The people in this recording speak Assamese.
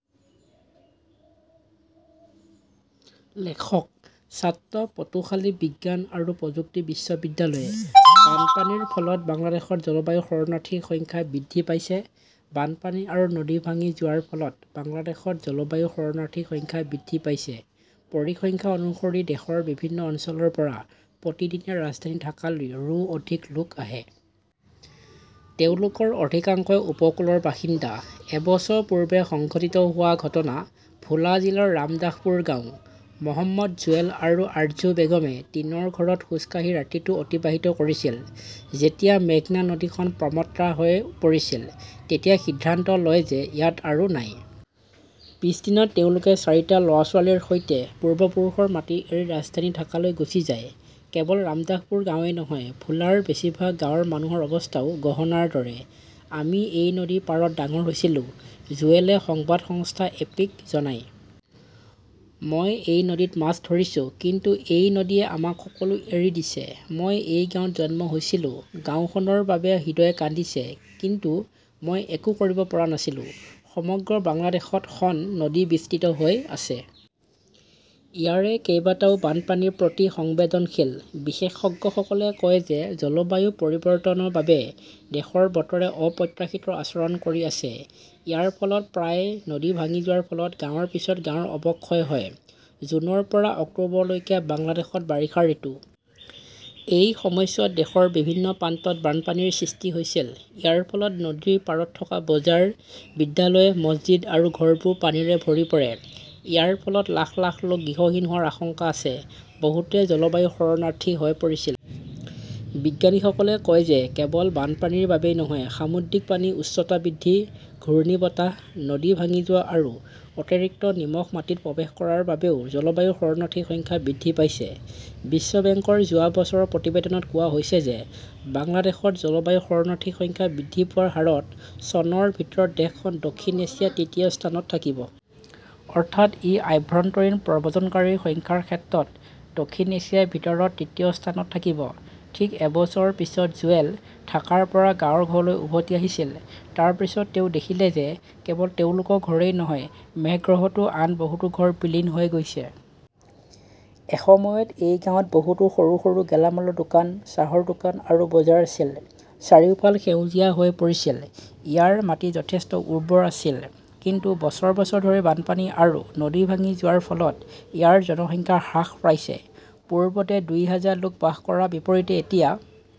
লেখকঃ ছাত্ৰ, পটুখালি বিজ্ঞান আৰু প্ৰযুক্তি বিশ্ববিদ্যালয়। বানপানীৰ ফলত বাংলাদেশত জলবায়ু শৰণাৰ্থীৰ সংখ্যা বৃদ্ধি পাইছে বানপানী আৰু নদী ভাঙি যোৱাৰ ফলত বাংলাদেশত জলবায়ু শৰণাৰ্থীৰ সংখ্যা বৃদ্ধি পাইছে। পৰিসংখ্যা অনুসৰি দেশৰ বিভিন্ন অঞ্চলৰ পৰা প্ৰতিদিনে ৰাজধানী ঢাকালৈ, ৰো অধিক লোক আহে। তেওঁলোকৰ অধিকাংশই উপকূলৰ বাসিন্দা। এবছৰ পূৰ্বে সংঘটিত হোৱা ঘটনা। ভোলা জিলাৰ ৰামদাসপুৰ গাঁও। মহম্মদ জুৱেল আৰু আৰ্জু বেগমে টিনৰ ঘৰত খোজ কাঢ়ি ৰাতিটো অতিবাহিত কৰিছিল যেতিয়া মেঘনা নদীখন প্ৰমট্টা হৈ পৰিছিল। তেতিয়া সিদ্ধান্ত লয় যে ইয়াত আৰু নাই। পিছদিনা তেওঁলোকে চাৰিটা ল "ৰা-ছোৱালীৰ সৈতে পূৰ্বপুৰুষৰ মাটি এৰি ৰাজধানী ঢাকালৈ গুচি যায়। কেৱল ৰামদাসপুৰ গাঁৱেই নহয়, ভোলাৰ বেছিভাগ গাঁৱৰ মানুহৰ অৱস্থাও গহনাৰ দৰে। আমি এই নদীৰ পাৰত ডাঙৰ হৈছিলো ", জুৱেলে সংবাদ সংস্থা এপিক জনায়। মই এই নদীত মাছ ধৰিছো। কিন্তু এই নদীয়ে আমাক সকলো এৰি দিছে। মই এই গাঁৱত জন্ম হৈছিলো। গাওঁখনৰ বাবে হৃদয় কান্দিছে। কিন্তু মই একো কৰিব পৰা নাছিলো। সমগ্ৰ বাংলাদেশত খন নদী বিস্তৃত হৈ আছে। ইয়াৰে কেইবাটাও বানপানীৰ প্ৰতি সংবেদনশীল। বিশেষজ্ঞসকলে কয় যে জলবায়ু পৰিৱৰ্তনৰ বাবে দেশৰ বতৰে অপ্ৰত্যাশিত আচৰণ কৰি আছে। ইয়াৰ ফলত প্ৰায়ে নদী ভাঙি যোৱাৰ ফলত গাঁৱৰ পিছত গাঁৱৰ অৱক্ষয় হয়। জুনৰ পৰা অক্টোবৰলৈকে বাংলাদেশত বাৰিষা ঋতু। এই সময়ছোৱাত দেশৰ বিভিন্ন প্ৰান্তত বানপানীৰ সৃষ্টি হৈছিল। ইয়াৰ ফলত নদীৰ পাৰত থকা বজাৰ, বিদ্যালয়, মছজিদ আৰু ঘৰবোৰ পানীৰে ভৰি পৰে। ইয়াৰ ফলত লাখ লাখ লোক গৃহহীন হোৱাৰ আশংকা আছে। বহুতে 'জলবায়ু শৰণাৰ্থী "হৈ পৰিছিল। বিজ্ঞানীসকলে কয় যে কেৱল বানপানীৰ বাবেই নহয়, সামুদ্ৰিক পানীৰ উচ্চতা বৃদ্ধি, ঘূৰ্ণীবতাহ, নদী ভাঙি যোৱা আৰু অতিৰিক্ত নিমখ মাটিত প্ৰৱেশ কৰাৰ বাবেও জলবায়ু শৰণাৰ্থীৰ সংখ্যা বৃদ্ধি পাইছে। বিশ্ব বেংকৰ যোৱা বছৰৰ প্ৰতিবেদনত কোৱা হৈছে যে বাংলাদেশত জলবায়ু শৰণাৰ্থীৰ সংখ্যা বৃদ্ধি পোৱাৰ হাৰত চনৰ ভিতৰত দেশখন দক্ষিণ এছিয়াত তৃতীয় স্থানত থাকিব। অৰ্থাৎ ই আভ্যন্তৰীণ প্ৰব্ৰজনকাৰীৰ সংখ্যাৰ ক্ষেত্ৰত দক্ষিণ এছিয়াৰ ভিতৰত তৃতীয় স্থানত থাকিব। ঠিক এবছৰৰ পিছত জুৱেল ঢাকাৰ পৰা গাঁৱৰ ঘৰলৈ উভতি আহিছিল। তাৰ পিছত তেওঁ দেখিলে যে কেৱল তেওঁলোকৰ ঘৰেই নহয়, মেঘগ্ৰহতো আন বহুতো ঘৰ বিলীন হৈ গৈছে। এসময়ত এই গাঁৱত বহুতো সৰু সৰু গেলামালৰ দোকান, চাহৰ দোকান আৰু বজাৰ আছিল। চাৰিওফাল সেউজীয়া হৈ পৰিছিল। ইয়াৰ মাটি যথেষ্ট উৰ্বৰ আছিল। কিন্তু বছৰ বছৰ ধৰি বানপানী আৰু নদী ভাঙি যোৱাৰ ফলত ইয়াৰ জনসংখ্যা হ্ৰাস পাইছে। পূৰ্বতে দুই হাজাৰ লোক বাস কৰাৰ বিপৰীতে এতিয়া